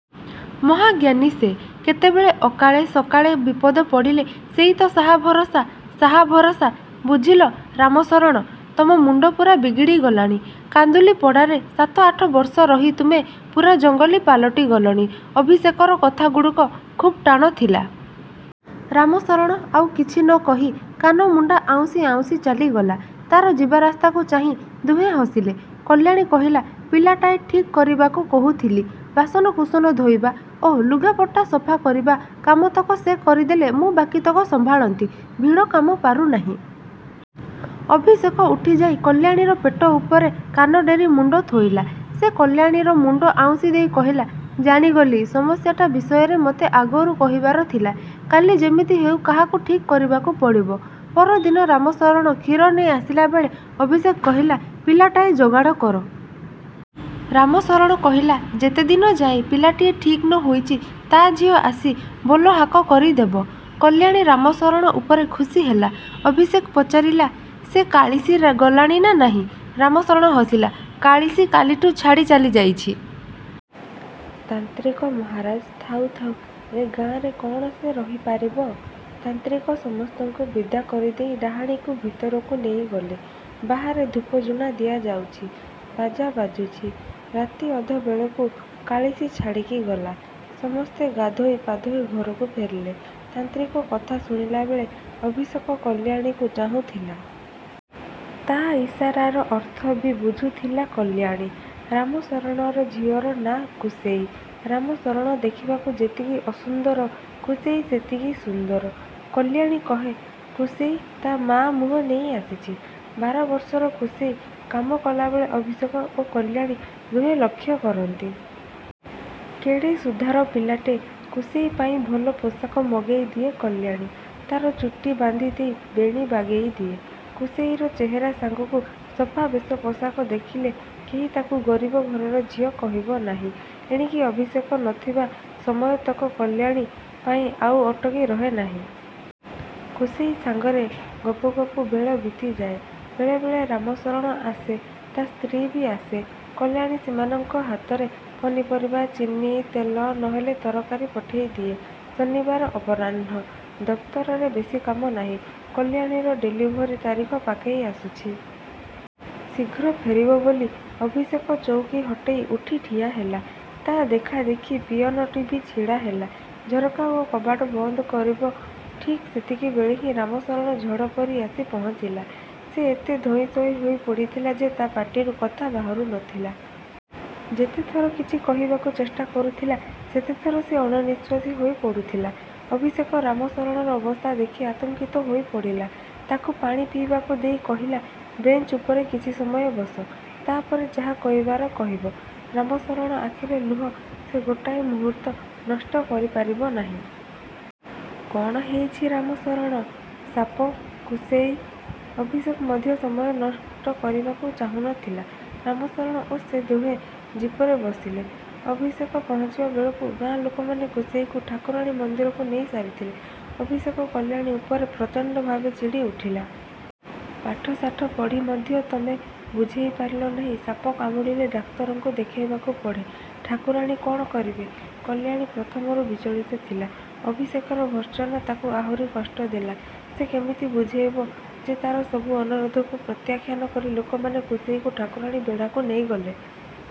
ମହାଜ୍ଞାନୀ ସେ। କେତେବେଳେ ଅକାଳେ ସକାଳେ ବିପଦ ପଡ଼ିଲେ ସେଇ ତ ସାହା ଭରସା। ': ସାହା ଭରସା? ବୁଝିଲ ରାମଶରଣ, ତମ ମୁଣ୍ଡ ପୂରା ବିଗିଡ଼ିଗଲାଣି। କାନ୍ଦୁଲିପଡ଼ାରେ ସାତ ଆଠ ବର୍ଷ ରହି ତମେ ପୂରା ଜଙ୍ଗଲୀ ପାଲଟିଗଲଣି! ଅଭିଷେକର କଥାଗୁଡ଼ିକ ଖୁବ୍ ଟାଣ ଥିଲା। ରାମଶରଣ ଆଉ କିଛି ନ କହି। କାନମୁଣ୍ଡା ଆଉଁଶି ଆଉଁଶି ଚାଲିଗଲା। ତାର ଯିବାରାସ୍ତାକୁ ଚାହିଁ ଦୁହେଁ ହସିଲେ। କଲ୍ୟାଣୀ କହିଲା, "ପିଲାଟାଏ ଠିକ୍ କରିବାକୁ କହୁଥିଲି। ବାସନକୁସନ ଧୋଇବା ଓ ଲୁଗାପଟା ସଫା କରିବା କାମତକ ସେ କରିଦେଲେ ମୁଁ ବାକିତକ ସମ୍ଭାଳନ୍ତି। ଭିଡ଼ କାମ ପାରୁନାହିଁ-। " ଅଭିଷେକ ଉଠିଯାଇ କଲ୍ୟାଣୀର ପେଟ ଉପରେ କାନ ଡେରି ମୁଣ୍ଡ ଥୋଇଲା। ସେ କଲ୍ୟାଣୀର ମୁଣ୍ଡ ଆଉଁଶି ଦେଇ କହିଲା, "ଜାଣିଗଲି, ସମସ୍ୟାଟା ବିଷୟରେ ମୋତେ ଆଗରୁ କହିବାର ଥିଲା। କାଲି ଯେମିତି ହେଉ କାହାକୁ ଠିକ୍ କରିବାକୁ ପଡ଼ିବ। " ପରଦିନ ରାମଶରଣ କ୍ଷୀର ନେଇ ଆସିଲାବେଳେ ଅଭିଷେକ କହିଲା, "ପିଲାଟାଏ ଯୋଗାଡ଼ କର। " ରାମଶରଣ କହିଲା, "ଯେତେଦିନ ଯାଏ ପିଲାଟିଏ ଠିକ୍ ନ ହେଇଛି ତା ଝିଅ ଆସି ବୋଲହାକ କରିଦେବ। " କଲ୍ୟାଣୀ ରାମଶରଣ ଉପରେ ଖୁସି ହେଲା। ଅଭିଷେକ ପଚାରିଲା, "ସେ କାଳିଶୀ ଗଲାଣି ନା ନାହିଁ? " ରାମଶରଣ ହସିଲା। କାଳିଶୀ କାଲିଠୁ ଛାଡ଼ି ଚାଲିଯାଇଛି। ତାନ୍ତ୍ରିକ ମହାରାଜ ଥାଉ ଥାଉ ଏ ଗାଆଁରେ କଣ ସେ ରହି ପାରିବ? ତାନ୍ତ୍ରିକ ସମସ୍ତଙ୍କୁ ବିଦା କରିଦେଇ ଡାଆଣୀକୁ ଭିତରକୁ ନେଇଗଲେ। ବାହାରେ ଧୂପଝୁଣା ଦିଆଯାଉଛି, ବାଜା ବାଜୁଛି। ରାତି ଅଧବେଳକୁ କାଳିଶୀ ଛାଡ଼ିକି ଗଲା। ସମସ୍ତେ ଗାଧୋଇ ପାଧୋଇ ଘରକୁ ଫେରିଲେ। ତାନ୍ତ୍ରିକ କଥା ଶୁଣିଲାବେଳେ ଅଭିଷେକ କଲ୍ୟାଣୀକୁ ଚାହୁଁଥିଲା। ତା ଇସାରାର ଅର୍ଥ ବି ବୁଝୁଥିଲା କଲ୍ୟାଣୀ। ରାମଶରଣର ଝିଅର ନାଆଁ କୁସେଇ। ରାମଶରଣ ଦେଖିବାକୁ ଯେତିକି ଅସୁନ୍ଦର କୁସେଇ ସେତିକି ସୁନ୍ଦର। କଲ୍ୟାଣୀ କହେ, କୁସେଇ ତା ମା ମୁହଁ ନେଇ ଆସିଛି। ବାର ବର୍ଷର କୁସେଇ କାମ କଲାବେଳେ ଅଭିଷେକ ଓ କଲ୍ୟାଣୀ ଦୁହେଁ ଲକ୍ଷ୍ୟ କରନ୍ତି-। କେଡ଼େ ସୁଧାର ପିଲାଟେ! କୁସେଇ ପାଇଁ ଭଲ ପୋଷାକ ମଗେଇ ଦିଏ କଲ୍ୟାଣୀ। ତାର ଚୁଟି ବାନ୍ଧି ଦେଇ ବେଣୀ ବାଗେଇ ଦିଏ। କୁସେଇର ଚେହେରା ସାଙ୍ଗକୁ ସଫା ବେଶପୋଷାକ ଦେଖିଲେ କେହି ତାକୁ ଗରିବ ଘରର ଝିଅ କହିବ ନାହିଁ। ଏଣିକି ଅଭିଷେକ ନ ଥିବା ସମୟତକ କଲ୍ୟାଣୀ ପାଇଁ ଆଉ ଅଟକି ରହେ ନାହିଁ। କୁସେଇ ସାଙ୍ଗରେ ଗପୁ ଗପୁ ବେଳ ବିତିଯାଏ। ବେଳେବେଳେ ରାମଶରଣ ଆସେ, ତା ସ୍ତ୍ରୀ ବି ଆସେ। କଲ୍ୟାଣୀ ସେମାନଙ୍କ ହାତରେ ପନିପରିବା, ଚିନି, ତେଲ ନହେଲେ ତରକାରି ପଠେଇ ଦିଏ। ଶନିବାର ଅପରାହ୍ଣ। ଦପ୍ତରରେ ବେଶୀ କାମ ନାହିଁ। କଲ୍ୟାଣୀର ଡେଲିଭରି ତାରିଖ ପାଖେଇ ଆସୁଛି। ଶୀଘ୍ର ଫେରିବ ବୋଲି ଅଭିଷେକ ଚଉକୀ ହଟେଇ ଉଠି ଠିଆହେଲା। ତା ଦେଖାଦେଖି ପିଅନଟି ବି ଛିଡ଼ାହେଲା, ଝରକା ଓ କବାଟ ବନ୍ଦ କରିବ। ଠିକ୍ ସେତିକିବେଳେ ହିଁ ରାମଶରଣ ଝଡ଼ ପରି ଆସି ପହଞ୍ଚିଲା। ସେ ଏତେ ଧଇଁସଇଁ ହୋଇ ପଡ଼ିଥିଲା ଯେ ତା ପାଟିରୁ କଥା ବାହାରୁ ନଥିଲା। ଯେତେଥର କିଛି କହିବାକୁ ଚେଷ୍ଟା କରୁଥିଲା, ସେତେଥର ସେ ଅଣନିଃଶ୍ୱାସୀ ହୋଇ ପଡ଼ୁଥିଲା। ଅଭିଷେକ ରାମଶରଣର ଅବସ୍ଥା ଦେଖି ଆତଙ୍କିତ ହୋଇପଡ଼ିଲା। ତାକୁ ପାଣି ପିଇବାକୁ ଦେଇ କହିଲା, 'ବେଞ୍ଚ ଉପରେ କିଛି ସମୟ ବସ। ତାପରେ ଯାହା କହିବାର କହିବ। ' ରାମଶରଣ ଆଖିରେ ଲୁହ, ସେ ଗୋଟାଏ ମୁହୂର୍ତ୍ତ ନଷ୍ଟ କରିପାରିବ ନାହିଁ।: କଣ ହେଇଛି ରାମଶରଣ?: ସା-ପ, କୁ-ସେ-ଇ। ଅଭିଷେକ ମଧ୍ୟ ସମୟ ନଷ୍ଟ କରିବାକୁ ଚାହୁଁନଥିଲା। ରାମଶରଣ ଓ ସେ ଦୁହେଁ ଜିପରେ ବସିଲେ। ଅଭିଷେକ ପହଞ୍ଚିବା ବେଳକୁ ଗାଁ ଲୋକମାନେ କୁସେଇକୁ ଠାକୁରାଣୀ ମନ୍ଦିରକୁ ନେଇ ସାରିଥିଲେ। ଅଭିଷେକ କଲ୍ୟାଣୀ ଉପରେ ପ୍ରଚଣ୍ଡ ଭାବେ ଚିଡ଼ି ଉଠିଲା। 'ପାଠଶାଠ ପଢ଼ି ମଧ୍ୟ ତମେ ବୁଝେଇ ପାରିଲ ନାହିଁ, ସାପ କାମୁଡ଼ିଲେ ଡାକ୍ତରଙ୍କୁ ଦେଖାଇବାକୁ ପଡ଼େ। ଠାକୁରାଣୀ କଣ କରିବେ? ' କଲ୍ୟାଣୀ ପ୍ରଥମରୁ ବିଚଳିତ ଥିଲା। ଅଭିଷେକର ଭର୍ତ୍ସନା ତାକୁ ଆହୁରି କଷ୍ଟ ଦେଲା। ସେ କେମିତି ବୁଝେଇବ ଯେ ତା'ର ସବୁ ଅନୁରୋଧକୁ ପ୍ରତ୍ୟାଖ୍ୟାନ କରି ଲୋକମାନେ କୁସେଇକୁ ଠାକୁରାଣୀ ବେଢ଼ାକୁ ନେଇ ଗଲେ।